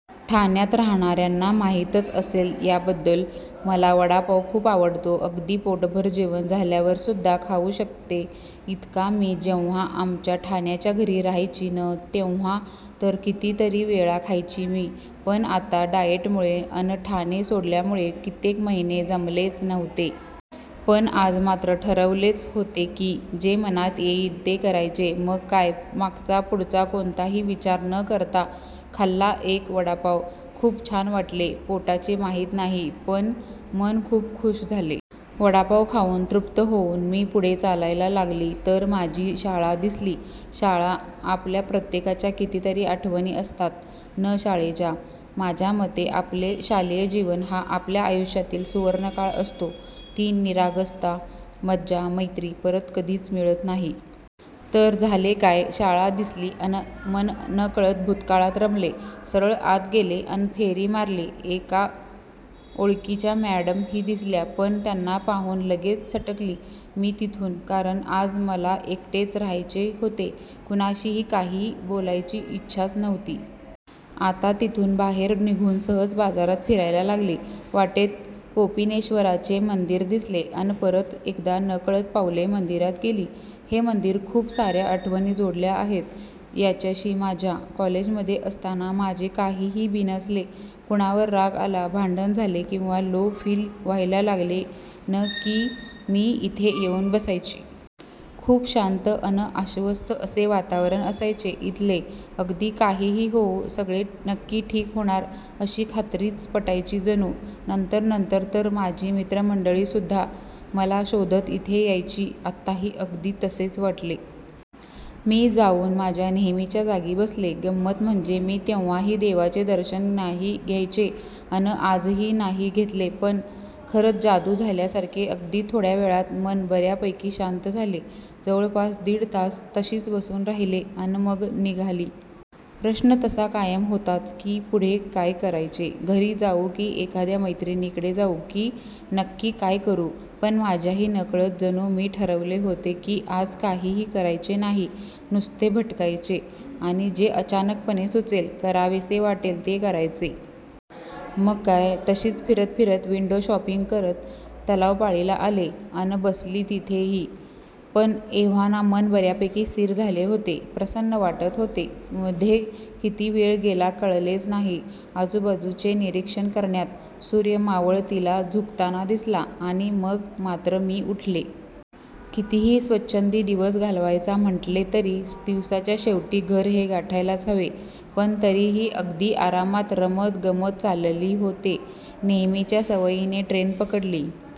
ठाण्यात राहणाऱ्यांना माहीतच असेल याबद्दल. मला वडापाव खूप आवडतो अगदी पोटभर जेवण झाल्यावर सुद्धा खाऊ शकते इतका. मी जेव्हा आमच्या ठाण्याच्या घरी राहायची न तेव्हा तर कितीतरी वेळा खायची मी. पण आता डाएटमुळे अन ठाणे सोडल्यामुळे कित्येक महिने जमलेच नव्हते. पण आज मात्र ठरवलेच होते की जे मनात येईल ते करायचे मग काय मागचा पुढचा कोणताही विचार न करता खाल्ला एक वडापाव, खूप छान वाटले. पोटाचे माहीत नाही पण मन खूप खुश झाले. वडापाव खाऊन तृप्त होऊन मी पुढे चालायला लागली तर माझी शाळा दिसली. शाळा, आपल्या प्रत्येकाच्या कितीतरी आठवणी असतात न शाळेच्या. माझ्यामते आपले शालेय जीवन हा आपल्या आयुष्यातील सुवर्णकाळ असतो. ती निरागसता, मज्जा, मैत्री परत कधीच मिळत नाही. तर, झाले काय शाळा दिसली अन मन नकळत भूतकाळात रमले. सरळ आत गेले अन फेरी मारली. एक ओळखीच्या मॅडम ही दिसल्या पण त्यांना पाहून लगेच सटकली मी तिथून, कारण आज मला एकटेच राहायचे होते, कुणाशीही काही बोलायची इच्छाच नव्हती. आता तिथून बाहेर निघून सहज बाजारात फिरायला लागली, वाटेत कोपिनेश्वराचे मंदिर दिसले अन परत एकदा नकळत पावले मंदिरात गेली. हे मंदिर, खूप साऱ्या आठवणी जोडल्या आहेत याच्याशी माझ्या. कॉलेजमध्ये असताना माझे काहीही बिनसले, कुणावर राग आला, भांडण झाले किंवा लो फील व्हायला लागले न की मी इथे येऊन बसायची. खूप शांत अन आश्वस्त असे वातावरण असायचे इथले. अगदी काहीही होवो सगळे नक्की ठीक होणार अशी खात्रीच पटायची जणू. नंतर नंतर तर माझी मित्रमंडळी सुद्धा मला शोधत इथे यायची. आत्ताही अगदी तसेच वाटले. मी जाऊन माझ्या नेहमीच्या जागी बसले. गंमत म्हणजे मी तेव्हाही देवाचे दर्शन नाही घ्यायचे अन आजही नाही घेतले. पण खरंच जादू झाल्यासारखे अगदी थोड्यावेळात मन बऱ्यापैकी शांत झाले. जवळपास दीड तास तशीच बसून राहिले अन मग निघाली. प्रश्न तसा कायम होताच की पुढे काय करायचे, घरी जाऊ की एखाद्या मैत्रिणीकडे जाऊ की नक्की काय करू. पण माझ्याही नकळत जणू मी ठरवले होते की आज काहीही करायचे नाही नुसते भटकायचे आणि जे अचानकपणे सुचेल, करावेसे वाटेल ते करायचे. मग काय, तशीच फिरत फिरत, विंडो शॉपिंग करत तलावपाळीला आले अन बसली तिथेही. पण एव्हाना मन बऱ्यापैकी स्थिर झाले होते, प्रसन्न वाटत होते. मध्ये किती वेळ गेला कळलेच नाही आजूबाजूचे निरीक्षण करण्यात. सूर्य मावळतीला झुकताना दिसला आणि मग मात्र मी उठले. कितीही स्वच्छंदी दिवस घालवायचा म्हटले तरी दिवसाच्या शेवटी घर हे गाठायलाच हवे. पण तरीही अगदी आरामात रमत गमत चालली होते. नेहमीच्या सवयीने ट्रेन पकडली